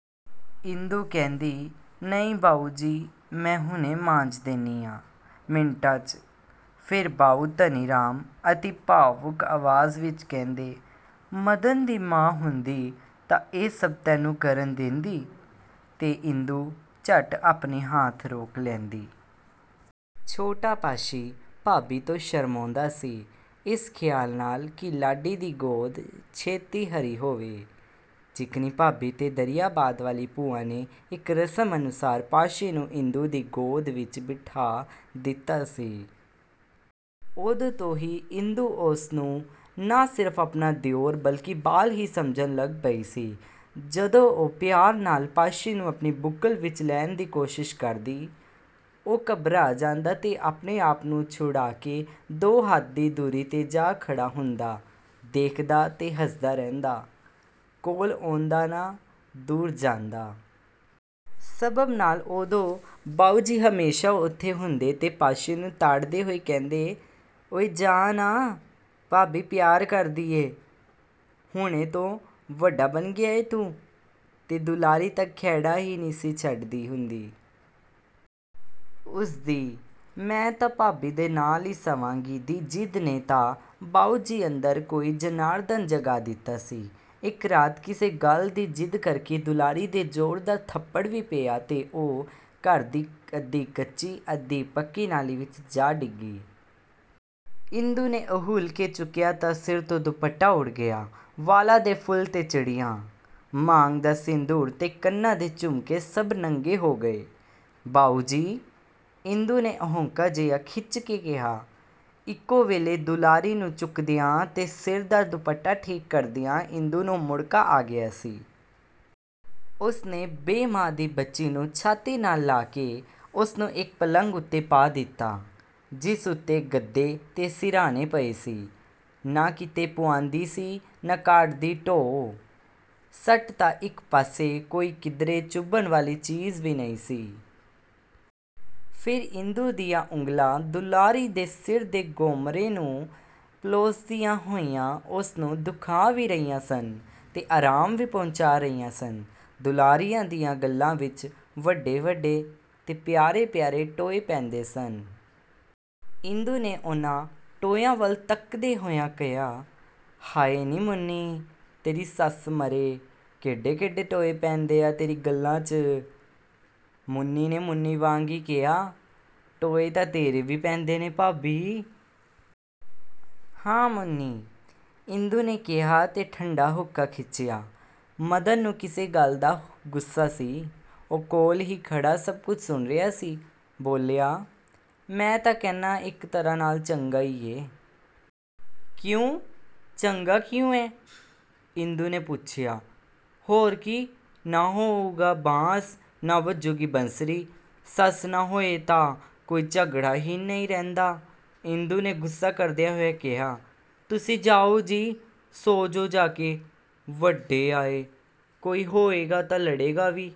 " ਇੰਦੂ ਕਹਿੰਦੀ-"ਨਹੀਂ ਬਾਊਜੀ, ਮੈਂ ਹੁਣੇ ਮਾਂਜ ਦੇਨੀ ਆਂ, ਮਿੰਟਾਂ 'ਚ। " ਫੇਰ ਬਾਊ ਧਨੀਰਾਮ ਅਤੀ ਭਾਵੁਕ ਆਵਾਜ਼ ਵਿਚ ਕਹਿੰਦੇ-"ਮਦਨ ਦੀ ਮਾਂ ਹੁੰਦੀ ਤਾਂ ਇਹ ਸਭ ਤੈਨੂੰ ਕਰਨ ਦੇਂਦੀ? " ਤੇ ਇੰਦੂ ਝੱਟ ਆਪਣੇ ਹੱਥ ਰੋਕ ਲੈਂਦੀ। ਛੋਟਾ ਪਾਸ਼ੀ ਭਾਬੀ ਤੋਂ ਸ਼ਰਮਾਉਂਦਾ ਸੀ। ਇਸ ਖ਼ਿਆਲ ਨਾਲ ਕਿ ਲਾੜੀ ਦੀ ਗੋਦ ਛੇਤੀ ਹਰੀ ਹੋਵੇ, ਚਿਕਨੀ ਭਾਬੀ ਤੇ ਦਰਿਆਬਾਦ ਵਾਲੀ ਭੂਆ ਨੇ ਇਕ ਰਸਮ ਅਨੁਸਾਰ ਪਾਸ਼ੀ ਨੂੰ ਇੰਦੂ ਦੀ ਗੋਦੀ ਵਿਚ ਬਿਠਾਅ ਦਿਤਾ ਸੀ। ਉਦੋਂ ਤੋਂ ਹੀ ਇੰਦੂ ਉਸਨੂੰ ਨਾ ਸਿਰਫ ਆਪਣਾ ਦਿਓਰ ਬਲਿਕੇ ਬਾਲ ਹੀ ਸਮਝਣ ਲੱਗ ਪਈ ਸੀ। ਜਦੋਂ ਉਹ ਪਿਆਰ ਨਾਲ ਪਾਸ਼ੀ ਨੂੰ ਆਪਣੀ ਬੁੱਕਲ ਵਿਚ ਲੈਣ ਦੀ ਕੋਸ਼ਿਸ਼ ਕਰਦੀ, ਉਹ ਘਬਰਾ ਜਾਂਦਾ ਤੇ ਆਪਣੇ ਆਪ ਨੂੰ ਛੁਡਾਅ ਕੇ ਦੋ ਹੱਥ ਦੀ ਦੂਰੀ 'ਤੇ ਜਾ ਖੜ੍ਹਾ ਹੁੰਦਾ-ਦੇਖਦਾ ਤੇ ਹੱਸਦਾ ਰਹਿੰਦਾ; ਕੋਲ ਆਉਂਦਾ ਨਾ ਦੂਰ ਜਾਂਦਾ। ਸਬੱਬ ਨਾਲ ਉਦੋਂ ਬਾਊਜੀ ਹਮੇਸ਼ਾ ਉੱਥੇ ਹੁੰਦੇ ਤੇ ਪਾਸ਼ੀ ਨੂੰ ਤਾੜਦੇ ਹੋਏ ਕਹਿੰਦੇ-"ਓਇ ਜਾਹ ਨਾ… ਭਾਬੀ ਪਿਆਰ ਕਰਦੀ ਏ। ਹੁਣੇ ਤੋਂ ਵੱਡਾ ਬਣ ਗਿਆ ਏਂ ਤੂੰ? " ਤੇ ਦੁਲਾਰੀ ਤਾਂ ਖਹਿੜਾ ਹੀ ਨਹੀਂ ਸੀ ਛੱਡਦੀ ਹੁੰਦੀ। ਉਸਦੀ 'ਮੈਂ ਤਾਂ ਭਾਬੀ ਦੇ ਨਾਲ ਈ ਸੰਵਾਂਗੀ' ਦੀ ਜ਼ਿਦ ਨੇ ਤਾਂ ਬਾਊਜੀ ਅੰਦਰ ਕੋਈ ਜਨਾਰਧਨ ਜਗਾ ਦਿਤਾ ਸੀ। ਇਕ ਰਾਤ ਇਸੇ ਗੱਲ ਦੀ ਜ਼ਿਦ ਕਰਕੇ ਦੁਲਾਰੀ ਦੇ ਜ਼ੋਰਦਾਰ ਥੱਪੜ ਵੀ ਪਿਆ ਤੇ ਉਹ ਘਰ ਦੀ ਅੱਧੀ–ਕੱਚੀ, ਅੱਧੀ–ਪੱਕੀ ਨਾਲੀ ਵਿਚ ਜਾ ਡਿੱਗੀ। ਇੰਦੂ ਨੇ ਅਹੂਲ ਕੇ ਚੁੱਕਿਆ ਤਾਂ ਸਿਰ ਤੋਂ ਦੁੱਪਟਾ ਉੱਡ ਗਿਆ। ਵਾਲਾਂ ਦੇ ਫੁੱਲ ਤੇ ਚਿੜੀਆਂ, ਮਾਂਗ ਦਾ ਸਿੰਧੂਰ ਤੇ ਕੰਨਾਂ ਦੇ ਝੁਮਕੇ ਸਭ ਨੰਗੇ ਹੋ ਗਏ। "ਬਾਊਜੀ! " ਇੰਦੂ ਨੇ ਹਊਂਕਾ ਜਿਹਾ ਖਿੱਚ ਕੇ ਕਿਹਾ… ਇਕੋ ਵੇਲੇ ਦੁਲਾਰੀ ਨੂੰ ਚੁੱਕਦਿਆਂ ਤੇ ਸਿਰ ਦਾ ਦੁਪੱਟਾ ਠੀਕ ਕਰਦਿਆਂ ਇੰਦੂ ਨੂੰ ਮੁੜ੍ਹਕਾ ਆ ਗਿਆ ਸੀ। ਉਸਨੇ ਬੇ–ਮਾਂ ਦੀ ਬੱਚੀ ਨੂੰ ਛਾਤੀ ਨਾਲ ਲਾ ਕੇ ਉਸਨੂੰ ਇਕ ਪਲੰਘ ਉੱਤੇ ਪਾ ਦਿਤਾ, ਜਿਸ ਉੱਤੇ ਗੱਦੇ ਤੇ ਸਿਰਹਾਣੇ ਪਏ ਸੀ। ਨਾ ਕਿਤੇ ਪੁਆਂਦੀ ਸੀ ਨਾ ਕਾਠ ਦੀ ਢੋਅ। ਸੱਟ ਤਾਂ ਇਕ ਪਾਸੇ ਕੋਈ ਕਿਧਰੇ ਚੁਭਣ ਵਾਲੀ ਚੀਜ਼ ਵੀ ਨਹੀਂ ਸੀ। ਫੇਰ ਇੰਦੂ ਦੀਆਂ ਉਂਗਲਾਂ ਦੁਲਾਰੀ ਦੇ ਸਿਰ ਦੇ ਗਮੋੜ੍ਹੇ ਨੂੰ ਪਲੋਸਤੀਆਂ ਹੋਈਆਂ-ਉਸਨੂੰ ਦੁਖਾਅ ਵੀ ਰਹੀਆਂ ਸਨ ਤੇ ਆਰਾਮ ਵੀ ਪਹੁੰਚਾਅ ਰਹੀਆਂ ਸਨ। ਦੁਲਾਰੀਆਂ ਦੀਆਂ ਗੱਲ੍ਹਾਂ ਵਿਚ ਵੱਡੇ ਵੱਡੇ ਤੇ ਪਿਆਰੇ ਪਿਆਰੇ ਟੋਏ ਪੈਂਦੇ ਸਨ। ਇੰਦੂ ਨੇ ਉਹਨਾਂ ਟੋਇਆਂ ਵੱਲ ਤੱਕਦਿਆਂ ਹੋਇਆਂ ਕਿਹਾ-"ਹਾਏ ਨੀਂ ਮੁੰਨੀਂ! ਤੇਰੀ ਸੱਸ ਮਰੇ, ਕੇਡੇ ਕੇਡੇ ਟੋਏ ਪੈਂਦੇ ਆ ਤੇਰੀਆਂ ਗੱਲ੍ਹਾਂ 'ਚ…! " ਮੁੰਨੀ ਨੇ ਮੁੰਨੀ ਵਾਂਗ ਹੀ ਕਿਹਾ-"ਟੋਏ ਤਾਂ ਤੇਰੇ ਵੀ ਪੈਂਦੇ ਨੇ ਭਾਬੀ! " "ਹਾਂ ਮੁੰਨੀ! " ਇੰਦੂ ਨੇ ਕਿਹਾ ਤੇ ਠੰਡਾ ਹਊਕਾ ਖਿੱਚਿਆ। ਮਦਨ ਨੂੰ ਕਿਸੇ ਗੱਲ ਦਾ ਗੁੱਸਾ ਸੀ। ਉਹ ਕੋਲ ਹੀ ਖੜ੍ਹਾ ਸਭ ਕੁਝ ਸੁਣ ਰਿਹਾ ਸੀ। ਬੋਲਿਆ, "ਮੈਂ ਤਾਂ ਕਹਿਣਾ, ਇਕ ਤਰ੍ਹਾਂ ਨਾਲ ਚੰਗਾ ਈ ਏ। " "ਕਿਉਂ, ਚੰਗਾ ਕਿਉਂ ਐ? " ਇੰਦੂ ਨੇ ਪੁੱਛਿਆ। "ਹੋਰ ਕੀ, ਨਾ ਹੋਊਗਾ ਬਾਂਸ, ਨਾ ਵੱਜੂਗੀ ਬੰਸਰੀ। ਸੱਸ ਨਾ ਹੋਵੇ ਤਾਂ ਕੋਈ ਝਗੜਾ ਈ ਨਹੀਂ ਰਹਿੰਦਾ। " ਇੰਦੂ ਨੇ ਗੁੱਸਾ ਕਰਦਿਆਂ ਹੋਇਆਂ ਕਿਹਾ-"ਤੁਸੀਂ ਜਾਓ ਜੀ, ਸੌਂ ਜੋ ਜਾ ਕੇ, ਵੱਡੇ ਆਏ… ਕੋਈ ਹੋਵੇਗਾ ਤਾਂ ਲੜੇਗਾ ਵੀ।